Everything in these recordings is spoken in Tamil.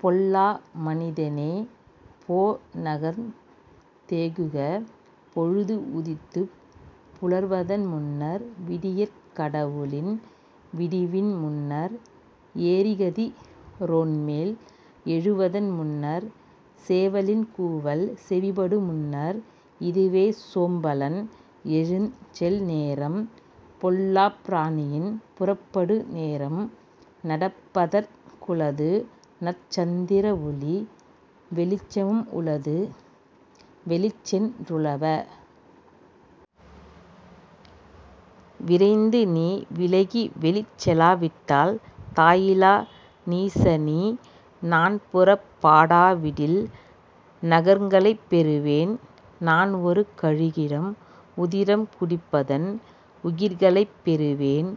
பொல்லா மனிதனே போ நகர்ந் தேகுக பொழுது உதித்துப் புலர்வதன் முன்னர் விடியற் கடவுளின் விடிவின் முன்னர் ஏறிகதி ரோன்மேல் எழுவதன் முன்னர் சேவலின் கூவல் செவிப்படு முன்னர். இதுவே சோம்பலன் எழுந்செல் நேரம் பொல்லாப் பிராணியின் புறப்படு நேரம் நடப்பதற் குளது நற்சந்திரஒளி வெளிச்சமும் உளது வெளிச்சென் றுலவ. விரைந்துநீ விலகி வெளிச்செலா விட்டால் தாயிலா நீசநீ நான்புறப் படாவிடில் நகங்களைப் பெறுவேன் நான்ஒரு கழுகிடம் உதிரம் குடிப்பதன் உகிர்களைப் பெறுவேன்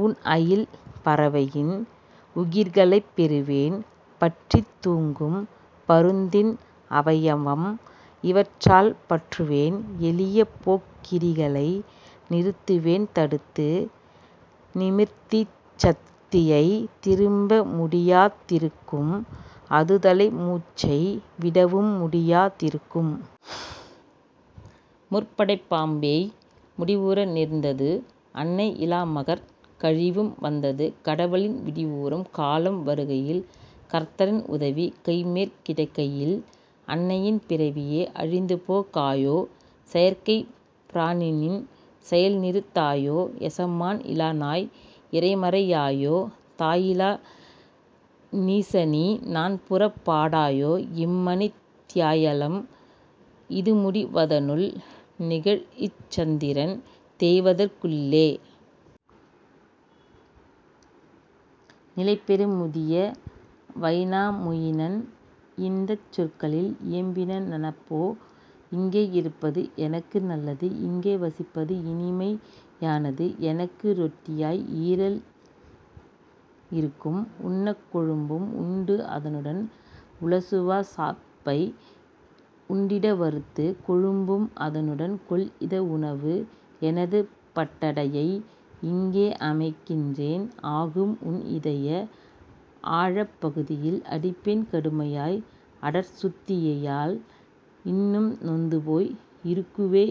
ஊன்அயில் பறவையின் உகிர்களைப் பெறுவேன் பற்றித் தூக்கும் பருந்தின் அவயவம் இவற்றால் பற்றுவேன் எளியபோக் கிரிகளை நிறுத்துவேன் தடுத்து நிமிர்தீச் சத்தியை திருப்ப முடியா திருக்கும் அதுதலை மூச்சை விடவும் முடியா திருக்கும். முற்படைப் பாம்பேய் முடிவுற நேர்ந்தது அன்னை யிலாமகற் கழிவும் வந்தது கடவுளின் விடிவுறும் காலம் வருகையில் கர்த்தரின் உதவி கைமேற் கிடைக்கையில் அன்னையின் பிறவியே அழிந்துபோ காயோ செயற்கைப் பிராணிநின் செயல்நிறுத் தாயோ எசமான் இலாநாய் இனிமறை யாயோ தாயிலா நீசநீ தான்புறப் படாயோ இம்மணித் தியாயலம் இதுமுடி வதனுள் திகழ்இச் சந்திரன் தேய்வதற் குள்ளே. நிலைபெறும் முதிய வைனா மொயினன் இந்தச் சொற்களில் இயம்பின நனப்போ இங்கே இருப்பது எனக்கு நல்லது இங்கே வசிப்பது இனிமை யானது எனக்கு ரொட்டியாய் ஈரல் இருக்கும் உண்ணக் கொழும்பும் உண்டு அதனுடன் உளசுவா சப்பை உண்டிட வறுத்து கொழும்பும் அதனுடன் கொள்இத உணவு. எனது பட்டடையை இங்கே அமைக்கிறேன் ஆகும்உன் இதய ஆழப் பகுதியில் அடிப்பேன் கடுமையாய் அடர்சுத் தியலால் இன்னும் நொந்துபோய் இருக்குவே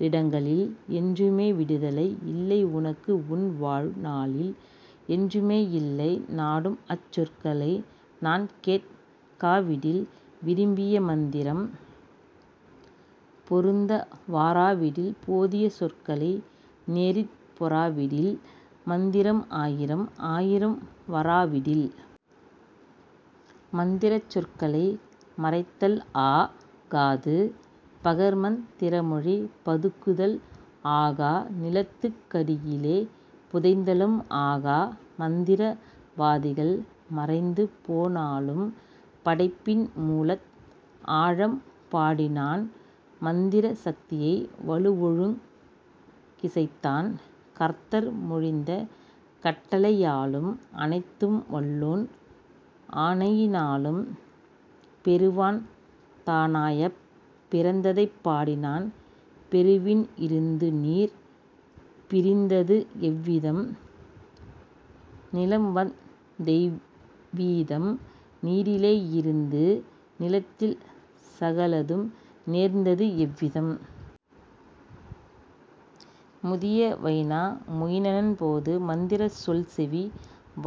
றிடங்களில் என்றுமே விடுதலை இல்லை உனக்கு உன்வாழ் நாளில் என்றுமே யில்லை நாடும்அச் சொற்களை நான்கேட் காவிடில் விரும்பிய மந்திரம் பொருந்த வாராவிடில் போதிய சொற்களை நேரிற் பெறாவிடில் மந்திரம் ஆயிரம் ஆயிரம் வராவிடில். மந்திரச் சொற்களை மறைத்தல்ஆ காது பகர்மந் திரமொழி பதுக்குதல் ஆகா நிலத்துக் கடியிலே புதைந்தலும் ஆகா மந்திர வாதிகள் மறைந்துபோ னாலும். படைப்பின் மூலத் ஆழம் பாடினான் மந்திர சக்தியை வலுவொழுங் கிசைத்தான் கர்த்தர் மொழிந்த கட்டளை யாலும் அனைத்தும் வல்லோன் ஆணையினாலும் பெருவான் தானாயப் பிறந்ததைப் பாடினான் பெருவிண் இருந்துநீர் பிரிந்தது எவ்விதம் நிலம்வந் தெய்வீதம் நீரிலே யிருந்து நிலத்தில் சகலதும் நேர்ந்தது எவ்விதம். முதிய வைனா மொயினனப் போது மந்திரச் சொல்செவி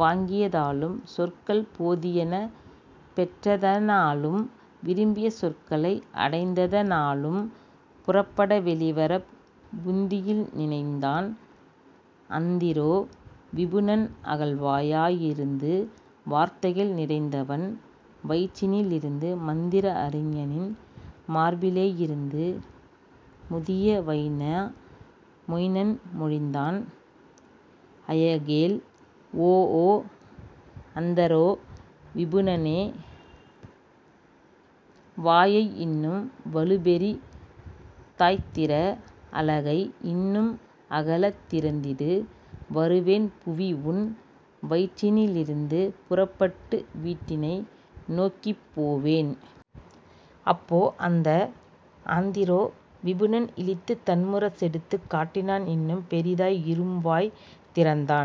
வாங்கிய தாலும் சொற்கள்போ தியன பெற்றதனாலும் விரும்பிய சொற்களை அடைந்தத னாலும் புறப்பட வெளிவரப் புந்தியில் நினைந்தான் அந்திரோ விபுனன் அகல்வா யிருந்து வார்த்தைகள் நிறைந்தவன் வயிற்றினி லிருந்து மந்திர அறிஞனின் மார்பிலே யிருந்து. முதிய வைனா மொயினன் மொழிந்தான் ஐயகேள் ஓஓ அந்தரோ விபுனனே வாயை இன்னும் வலுபெரி தாய்த்திற அலகை இன்னும் அகலத் திறந்திடு வருவேன் புவிஉன் வயிற்றினிலிருந்து புறப்பட்டு வீட்டினை நோக்கிப் போவேன். அப்போ அந்த அந்திரோ விபுனன் இளித்துத் தன்முர செடுத்துக் காட்டினான் இன்னும் பெரிதாய் இரும்வாய் திறந்தான்